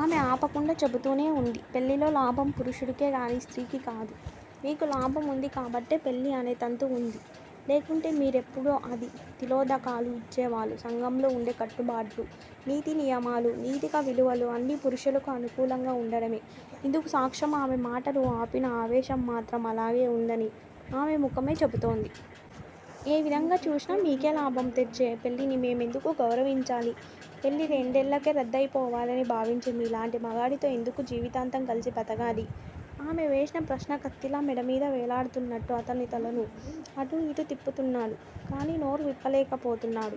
ఆమె ఆపకుండా చెబుతూనే వుంది పెళ్ళిలో లాభం పురుషుడికే గానీ స్త్రీకి కాదు. మీకు లాభం వుంది కాబట్టే పెళ్ళి అనే తంతు వుంది. లేకుంటే మీరెప్పుడో దానికి తిలోదకాలు ఇచ్చేవాళ్ళు సంఘంలో వుండే కట్టుబాట్లు, నీతి నియమాలు, నైతిక విలువలు- అన్నీ పురుషులకు అనుకూలంగా వుండడమే ఇందుకు సాక్ష్యం ఆమె మాటలు ఆపినా ఆవేశం మాత్రం అలాగే వుందని ఆమె ముఖమే చెబుతోంది. ఏ విధంగా చూసినా మీకే లాభం తెచ్చే పెళ్ళిని మేమెందుకు గౌరవించాలి? పెళ్ళి రెండేళ్ళకే రద్దయిపోవాలని భావించే మీలాంటి మగాడితో ఎందుకు జీవితాంతం కలిసి బతకాలి? ఆమె వేసిన ప్రశ్న కత్తిలా మెడమీద వేలాడుతున్నట్టు అతను తలను అటూ ఇటూ తిప్పుతున్నాడు గానీ నోరు విప్పలేకపోతున్నాడు.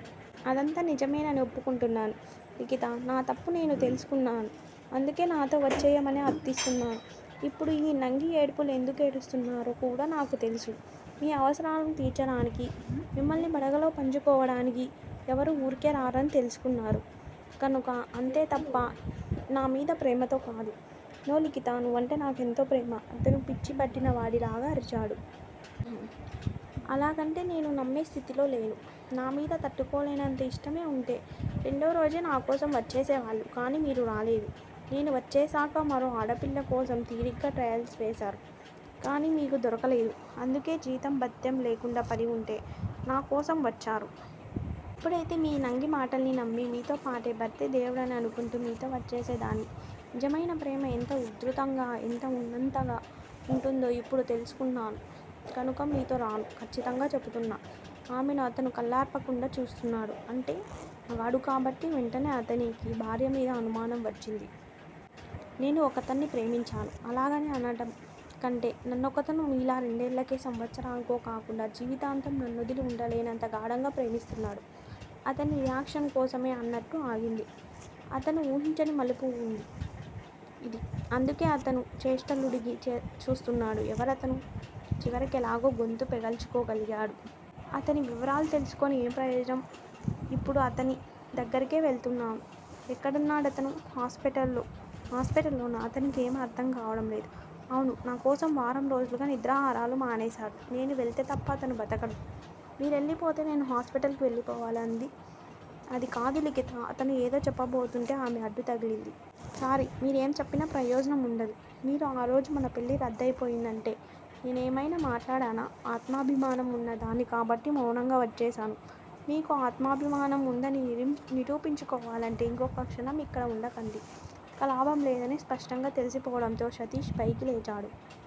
అదంతా నిజమేనని ఒప్పుకుంటున్నాను లిఖితా నా తప్పు నేను తెలుసుకున్నాను. అందుకే నాతో వచ్చెయ్యమని అర్దిస్తున్నాను ఇప్పుడు ఈ నంగి ఏడుపులు ఎందుకేడుస్తున్నారో కూడా నాకు తెలుసు. మీ అవసరాలను తీర్చడానికి మిమ్మల్ని పడకలో పంచుకోవడానికి ఎవరూ వూరికే రారని తెలుసుకున్నారు గనుక అంతే తప్ప నా మీద ప్రేమతో కాదు నో లిఖితా నువ్వంటే నాకు ఎంతో ప్రేమ అతను పిచ్చి పట్టిన వాడిలాగా అరిచాడు. అలాగంటే నేను నమ్మే స్థితిలో లేను. నామీద తట్టుకోలేనంత ఇష్టమే వుంటే రెండోరోజే నా కోసం వచ్చేసే వాళ్ళు కానీ మీరు రాలేదు. నేను వచ్చేశాక మరో ఆడపిల్ల కోసం తీరిగ్గా ట్రయల్స్ వేశారు. కానీ మీకు దొరకలేదు. అందుకే జీతం, బత్తెం లేకుండా పడివుండే నా కోసం వచ్చారు. ఒకప్పుడైతే మీ నంగి మాటలన్నీ నమ్మి మీతోపాటే, భర్తే దేవుడని అనుకుంటూ మీతో వచ్చేసేదాన్ని. నిజమైన ప్రేమ ఎంత ఉధృతంగా, ఎంత ఉన్నతంగా వుంటుందో ఇప్పుడు తెలుసుకున్నాను గనుక మీతో రాను ఖచ్చితంగా చెబుతున్న ఆమెను అతను కళ్ళార్పకుండా చూస్తున్నాడు. అంటే? మగాడు కాబట్టి వెంటనే అతనికి భార్యమీద అనుమానం వచ్చింది. నేను ఒకతన్ని ప్రేమించాను. అలాగని అనడం కంటే నన్నొకతను మీలా రెండేళ్ళకో, సంవత్సరానికో కాకుండా జీవితాంతం నన్నొదిలి వుండలేనంత గాఢంగా ప్రేమిస్తున్నాడు అతని రియాక్షన్ కోసమే అన్నట్టు ఆగింది. అతను వూహించని మలుపు ఇది. అందుకే అతను చేష్టలుడిగి చూస్తున్నాడు. ఎవరతను? చివరికెలాగో గొంతు పెగల్చుకోగలిగాడు. అతని వివరాలు తెలుసుకొని ఏం ప్రయోజనం? ఇప్పుడు అతని దగ్గరికే వెళుతున్నాను ఎక్కడున్నాడతను? హాస్పిటల్ లో హాస్పిటల్ లోనా? అతనికి ఏమీ అర్ధం కావడం లేదు. అవును- నాకోసం వారం రోజులుగా నిద్రాహారాలు మానేశాడు. నేను వెళితే తప్ప అతను బతకడు. మీరెళ్ళిపోతే నేను హాస్పిటల్ కు వెళ్ళిపోవాలి అది కాదు లిఖితా అతను ఏదో చెప్పబోతుంటే ఆమె అడ్డు తగిలింది. సారీ- మీరు ఏం చెప్పినా ప్రయోజనం వుండదు. మీరు ఆ రోజు మన పెళ్ళి రద్దయి పోయిందంటే నేనేమైనా మాట్లాడానా? ఆత్మాభిమానం వున్న దాన్ని కాబట్టి మౌనంగా వచ్చేశాను. మీకూ ఆత్మాభిమానం వుందని నిరూపించుకోవాలంటే ఇంకొక్క క్షణం ఇక్కడ వుండకండి ఇక లాభం లేదని స్పష్టంగా తెలిసిపోవడంతో సతీష్ పైకి లేచాడు.